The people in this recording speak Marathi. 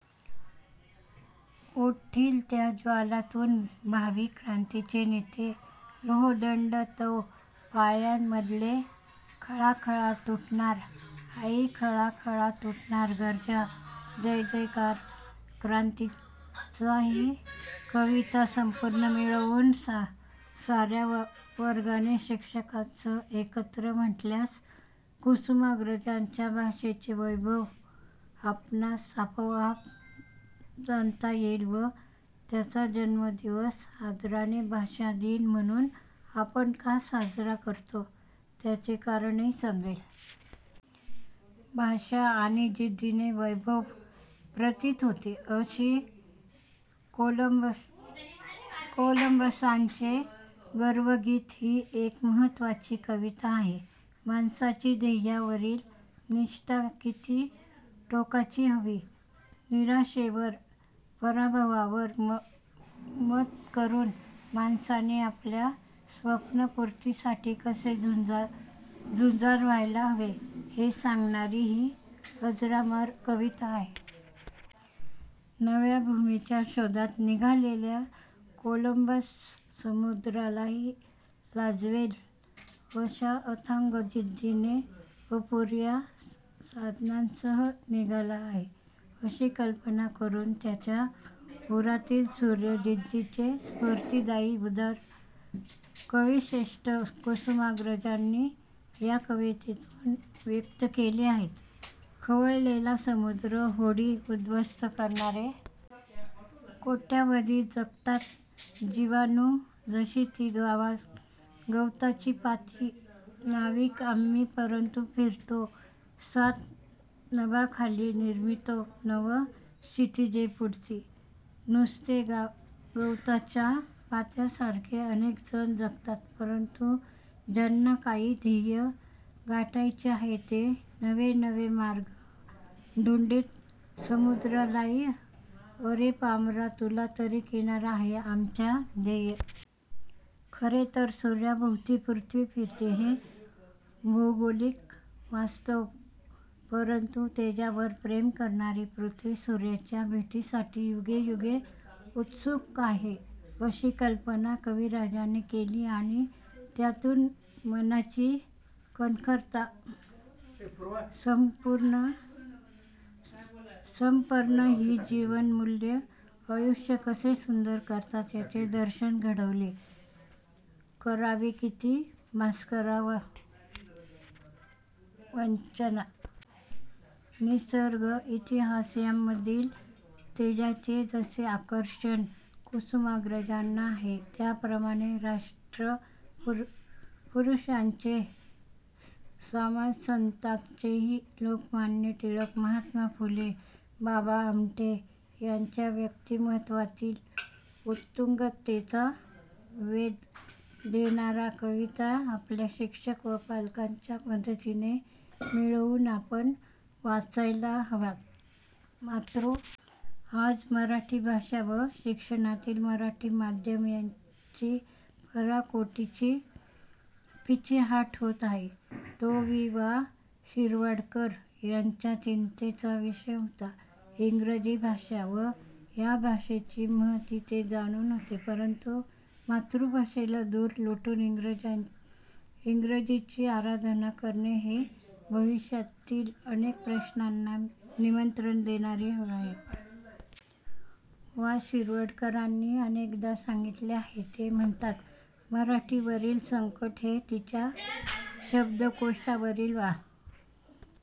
उठतिल त्या ज्वालांतुन भावी क्रांतीचे नेते लोहदंड तव पायांमधले खळाखळा तुटणार आई खळाखळा तुटणार गर्जा जयजयकार क्रांतीचा ही कविता संपूर्ण मिळवून सार्या वर्गाने शिक्षकांसह एकत्र म्हटल्यास कुसुमाग्रजांच्या भाषेचे वैभव आपणास आपोआप जाणता येईल व त्यांचा जन्मदिवस आदराने भाषा दिन म्हणून आपण का साजरा करतो, त्याचे कारणही समजेल. भाषा आणि जिद्दीने वैभव प्रतीत होते, अशी कोलंबसाचे गर्वगीत ही एक महत्त्वाची कविता आहे. माणसाची ध्येयावरील निष्ठा किती टोकाची हवी, निराशेवर, पराभवावर मत करून माणसाने आपल्या स्वप्नपूर्तीसाठी कसे झुंजार व्हायला हवे हे सांगणारी ही अजरामर कविता आहे. नव्या भूमीच्या शोधात निघालेला कोलंबस समुद्रालाही लाजवेल अशा अथांग जिद्दीने अपुर्या साधनांसह निघाला आहे अशी कल्पना करून त्याच्या उरातील सूर्य जिद्दीचे स्फूर्तिदायी उद्गार कविश्रेष्ठ कुसुमाग्रजांनी ह्या कवितेतून व्यक्त केले आहेत. खवळलेला समुद्र, होडी उद्ध्वस्त करणारे वादळ, आयुष्य भस्मसात करणार्या कडकडणार्या विजा पदोपदी असतानाही मानामनांतील अगम्य, अजिंक्य प्रवृत्ती जागी करणारा हा कोलंबस म्हणतो. कोट्यवधी जगतात जिवाणू, जशी ती गवताची पाती नाविक आम्ही परंतु फिरतो सात नभांखाली निर्मितो नव क्षितिजे पुढती! नुसते गवताच्या पात्यासारखे अनेकजण जगतात, परंतु ज्यांना काही ध्येय गाठायचे आहे ते नवेनवे मार्ग धुंडीत, समुद्रालाही अरे पामरा, तुला तरी किनारा आहे, आमच्या ध्येयाच्या आसक्तीला किनाराच नाही असे म्हणत पुढेच जात असतात. खरे तर सूर्याभोवती पृथ्वी फिरते हे भौगोलिक वास्तव परंतु तेजावर प्रेम करणारी पृथ्वी सूर्याच्या भेटीसाठी युगेयुगे उत्सुक आहे, अशी कल्पना कविराजाने केली आणि त्यातून मनाची कणखरता, समर्पण ही जीवनमूल्ये आयुष्य कसे सुंदर करतात, याचे दर्शन घडवले करावी किती भास्करा वंचना किती काळ कक्षेत धावू तुझ्या मी कितीदा करू प्रीतिची याचना! निसर्ग, इतिहास यांमधील तेजाचे जसे आकर्षण कुसुमाग्रजांना आहे त्याप्रमाणेच राष्ट्रपुरुषांचे, समाजसंतांचेही! लोकमान्य टिळक, महात्मा फुले, बाबा आमटे यांच्या व्यक्तिमत्त्वांतील उत्तुंगतेचा वेध घेणार्या कविता आपल्या शिक्षक व पालकांच्या मदतीने मिळवून आपण वाचायला हव्यात. मातृभाषेतून अध्ययन व्हावे हा कुसुमाग्रजांचा आग्रह होता. आज मराठी भाषा व शिक्षणातील मराठी माध्यम यांची पराकोटीची पिछेहाट होत आहे. तो वि. वा. शिरवाडकर यांच्या चिंतेचा विषय होता. इंग्रजी भाषा व या भाषेची महती ते जाणून होते, परंतु मातृभाषेला दूर लोटून इंग्रजीची आराधना करणे हे भविष्यातील अनेक प्रश्नांना निमंत्रण देणारे आहे, हे वि. वा. शिरवाडकरांनी अनेकदा सांगितले आहे. ते म्हणतात, मराठीवरील संकट हे तिच्या शब्दकोशावरील वा